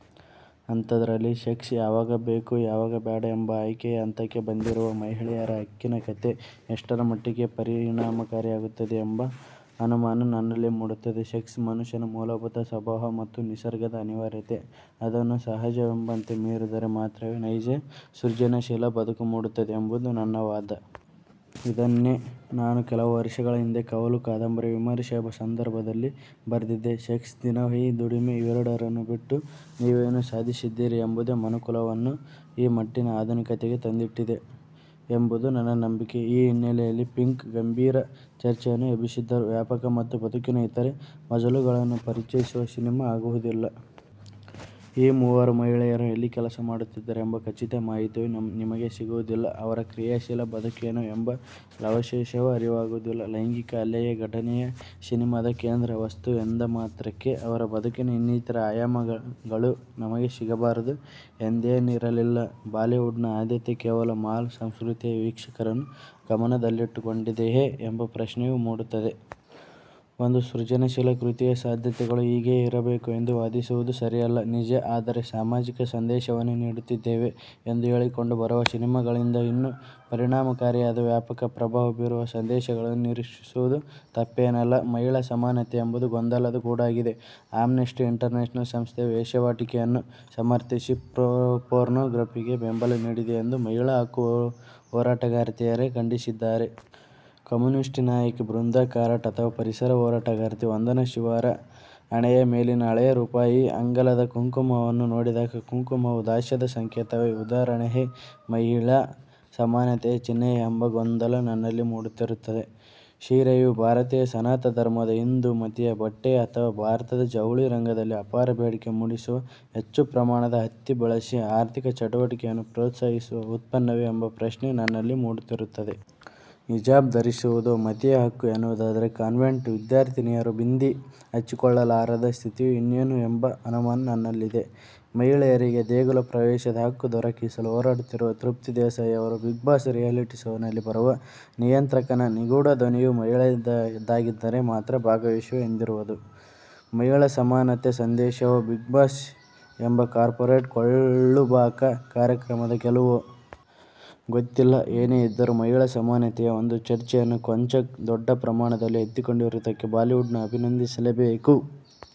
ಅಂಥದ್ದರಲ್ಲಿ sex ಯಾವಾಗ ಬೇಕು, ಯಾವಾಗ ಬೇಡ' ಎಂಬ ಆಯ್ಕೆಯ ಹಂತಕ್ಕೆ ಬಂದಿರುವ ಮಹಿಳೆಯರ ಹಕ್ಕಿನ ಕಥೆ ಎಷ್ಟರಮಟ್ಟಿಗೆ ಪರಿಣಾಮಕಾರಿಯಾಗುತ್ತದೆ ಎಂಬ ಅನುಮಾನ ನನ್ನಲ್ಲಿ ಮೂಡುತ್ತದೆ. ಸೆಕ್ಸ್ ಮನುಷ್ಯನ ಮೂಲಭೂತ ಸ್ವಭಾವ ಮತ್ತು ನಿಸರ್ಗದ ಅನಿವಾರ್ಯತೆ. ಅದನ್ನು ಸಹಜವೆಂಬಂತೆ ಮೀರಿದರೆ ಮಾತ್ರವೇ ನೈಜ-ಸೃಜನಶೀಲ ಬದುಕು ಮೂಡುತ್ತದೆ ಎಂಬುದು ನನ್ನ ವಾದ. ಇದನ್ನೇ ನಾನು ಕೆಲವರ್ಷಗಳ ಹಿಂದೆ ಕವಲು' ಕಾದಂಬರಿಯ ವಿಮರ್ಶೆಯ ಸಂದರ್ಭದಲ್ಲಿ ಬರೆದಿದ್ದೆ. ಸೆಕ್ಸ್-ದಿನವಹಿ ದುಡಿಮೆ ಇವೆರಡನ್ನೂ ಬಿಟ್ಟು ನೀವೇನು ಸಾಧಿಸಿದ್ದೀರಿ ಎಂಬುದೇ ಮನುಕುಲವನ್ನು ಈ ಮಟ್ಟಿನ ಆಧುನಿಕತೆಗೆ ತಂದಿಟ್ಟಿದೆ ಎಂಬುದು ನನ್ನ ನಂಬಿಕೆ. ಈ ಹಿನ್ನೆಲೆಯಲ್ಲಿ ಪಿಂಕ್' ಗಂಭೀರ ಚರ್ಚೆಯನ್ನು ಎಬ್ಬಿಸಿದ್ದರೂ, ವ್ಯಾಪಕ ಮತ್ತು ಬದುಕಿನ ಇತರೆ ಮಜಲುಗಳನ್ನು ಪರಿಚಯಿಸುವ ಸಿನೆಮಾ ಆಗುವುದಿಲ್ಲ. ಈ ಮೂವರೂ ಮಹಿಳೆಯರು ಎಲ್ಲಿ ಕೆಲಸ ಮಾಡುತ್ತಿದ್ದಾರೆ ಎಂಬ ಖಚಿತ ಮಾಹಿತಿಯೂ ನಿಮಗೆ ಸಿಗುವುದಿಲ್ಲ. ಅವರ ಕ್ರಿಯಾಶೀಲ ಬದುಕೇನು ಎಂಬ ಲವಲೇಶವೂ ಅರಿವಾಗುವುದಿಲ್ಲ. ಲೈಂಗಿಕ ಹಲ್ಲೆಯ ಘಟನೆಯೇ ಸಿನೆಮಾದ ಕೇಂದ್ರ ವಸ್ತು ಎಂದ ಮಾತ್ರಕ್ಕೆ ಅವರ ಬದುಕಿನ ಇನ್ನಿತರೆ ಆಯಾಮಗಳು ನಮಗೆ ಸಿಗಬಾರದು ಎಂದೇನಿರಲಿಲ್ಲ. ಬಾಲಿವುಡ್ನ ಆದ್ಯತೆ ಕೇವಲ ಮಾಲ್ ಸಂಸ್ಕೃತಿಯ ವೀಕ್ಷಕರನ್ನು ಗಮನದಲ್ಲಿಟ್ಟುಕೊಂಡಿದೆಯೇ ಎಂಬ ಪ್ರಶ್ನೆಯೂ ಮೂಡುತ್ತದೆ. ಒಂದು ಸೃಜನಶೀಲ ಕೃತಿಯ ಸಾಧ್ಯತೆಗಳು ಹೀಗೆಯೇ ಇರಬೇಕು ಎಂದು ವಾದಿಸುವುದು ಸರಿಯಲ್ಲ, ನಿಜ. ಆದರೆ ಸಾಮಾಜಿಕ ಸಂದೇಶವನ್ನೇ ನೀಡುತ್ತಿದ್ದೇವೆ ಎಂದು ಹೇಳಿಕೊಂಡು ಬರುವ ಸಿನೆಮಾಗಳಿಂದ ಇನ್ನೂ ಪರಿಣಾಮಕಾರಿಯಾದ, ವ್ಯಾಪಕ ಪ್ರಭಾವ ಬೀರುವ ಸಂದೇಶಗಳನ್ನು ನಿರೀಕ್ಷಿಸುವುದು ತಪ್ಪೇನಲ್ಲ. ಮಹಿಳಾ ಸಮಾನತೆ ಎಂಬುದು ಗೊಂದಲದ ಗೂಡಾಗಿದೆ. ಆಮ್ನೆಸ್ಟಿ ಇಂಟರ್ ನ್ಯಾಶನಲ್ ಸಂಸ್ಥೆಯು ವೇಶ್ಯಾವಾಟಿಕೆಯನ್ನು ಸಮರ್ಥಿಸಿ ಪೋರ್ನೋಗ್ರಫಿಗೆ ಬೆಂಬಲ ನೀಡಿದೆ ಎಂದು ಮಹಿಳಾ ಹಕ್ಕು ಹೋರಾಟಗಾರ್ತಿಯರೇ ಖಂಡಿಸಿದ್ದಾರೆ. ಕಮ್ಯುನಿಸ್ಟ್ ನಾಯಕಿ ಬೃಂದಾ ಕಾರಟ್ ಅಥವಾ ಪರಿಸರ ಹೋರಾಟಗಾರ್ತಿ ವಂದನಾ ಶಿವರ ಹಣೆಯ ಮೇಲಿನ ಹಳೆ ರೂಪಾಯಿ ಅಗಲದ ಕುಂಕುಮವನ್ನು ನೋಡಿದಾಗ ಕುಂಕುಮವು ದಾಸ್ಯದ ಸಂಕೇತವೆ, ಉದಾರತೆಯ, ಮಹಿಳಾ ಸಮಾನತೆಯ ಚಿಹ್ನೆಯೆ ಎಂಬ ಗೊಂದಲ ನನ್ನಲ್ಲಿ ಮೂಡುತ್ತಿರುತ್ತದೆ! ಸೀರೆಯು ಭಾರತೀಯ ಸನಾತನ ಧರ್ಮದ, ಹಿಂದೂ ಮತೀಯ ಬಟ್ಟೆಯೆ ಅಥವಾ ಭಾರತದ ಜವುಳಿ ರಂಗದಲ್ಲಿ ಅಪಾರ ಬೇಡಿಕೆ ಮೂಡಿಸುವ, ಹೆಚ್ಚು ಪ್ರಮಾಣದ ಹತ್ತಿ ಬಳಸಿ ಆರ್ಥಿಕ ಚಟುವಟಿಕೆಯನ್ನು ಪ್ರೋತ್ಸಾಹಿಸುವ ಉತ್ಪನ್ನವೆ ಎಂಬ ಪ್ರಶ್ನೆ ನನ್ನಲ್ಲಿ ಮೂಡುತ್ತಿರುತ್ತದೆ. ಹಿಜಾಬ್ ಧರಿಸುವುದು ಮತೀಯ ಹಕ್ಕು ಎನ್ನುವುದಾದರೆ ಕಾನ್ವೆಂಟ್ ವಿದ್ಯಾರ್ಥಿನಿಯರು ಬಿಂದಿ ಹಚ್ಚಿಕೊಳ್ಳಲಾರದ ಸ್ಥಿತಿಯು ಇನ್ನೇನು ಎಂಬ ಅನುಮಾನ ನನ್ನಲ್ಲಿದೆ. ಮಹಿಳೆಯರಿಗೆ ದೇಗುಲ ಪ್ರವೇಶದ ಹಕ್ಕು ದೊರಕಿಸಲು ಹೋರಾಡುತ್ತಿರುವ ತೃಪ್ತಿ ದೇಸಾಯಿಯವರು ಬಿಗ್ ಬಾಸ್' ರಿಯಾಲಿಟಿ ಶೋನಲ್ಲಿ ಬರುವ ನಿಯಂತ್ರಕನ ನಿಗೂಢ ಧ್ವನಿಯು ಮಹಿಳೆಯದಾಗಿದ್ದರೆ ಮಾತ್ರ ಭಾಗವಹಿಸುವೆ ಎಂದಿರುವುದು ಮಹಿಳಾ ಸಮಾನತೆಯ ಸಂದೇಶವೋ, ಬಿಗ್ ಬಾಸ್' ಎಂಬ ಕಾರ್ಪೋರೇಟ್ ಕೊಳ್ಳುಬಾಕ ಕಾರ್ಯಕ್ರಮದ ಗೆಲುವೋ? ಗೊತ್ತಿಲ್ಲ! ಏನೇ ಇದ್ದರೂ, ಮಹಿಳಾ ಸಮಾನತೆಯ ಒಂದು ಚರ್ಚೆಯನ್ನು ಕೊಂಚ ದೊಡ್ಡ ಪ್ರಮಾಣದಲ್ಲಿ ಎತ್ತಿಕೊಂಡಿರುವುದಕ್ಕೆ ಬಾಲಿವುಡ್ನ ಅಭಿನಂದಿಸಲೇಬೇಕು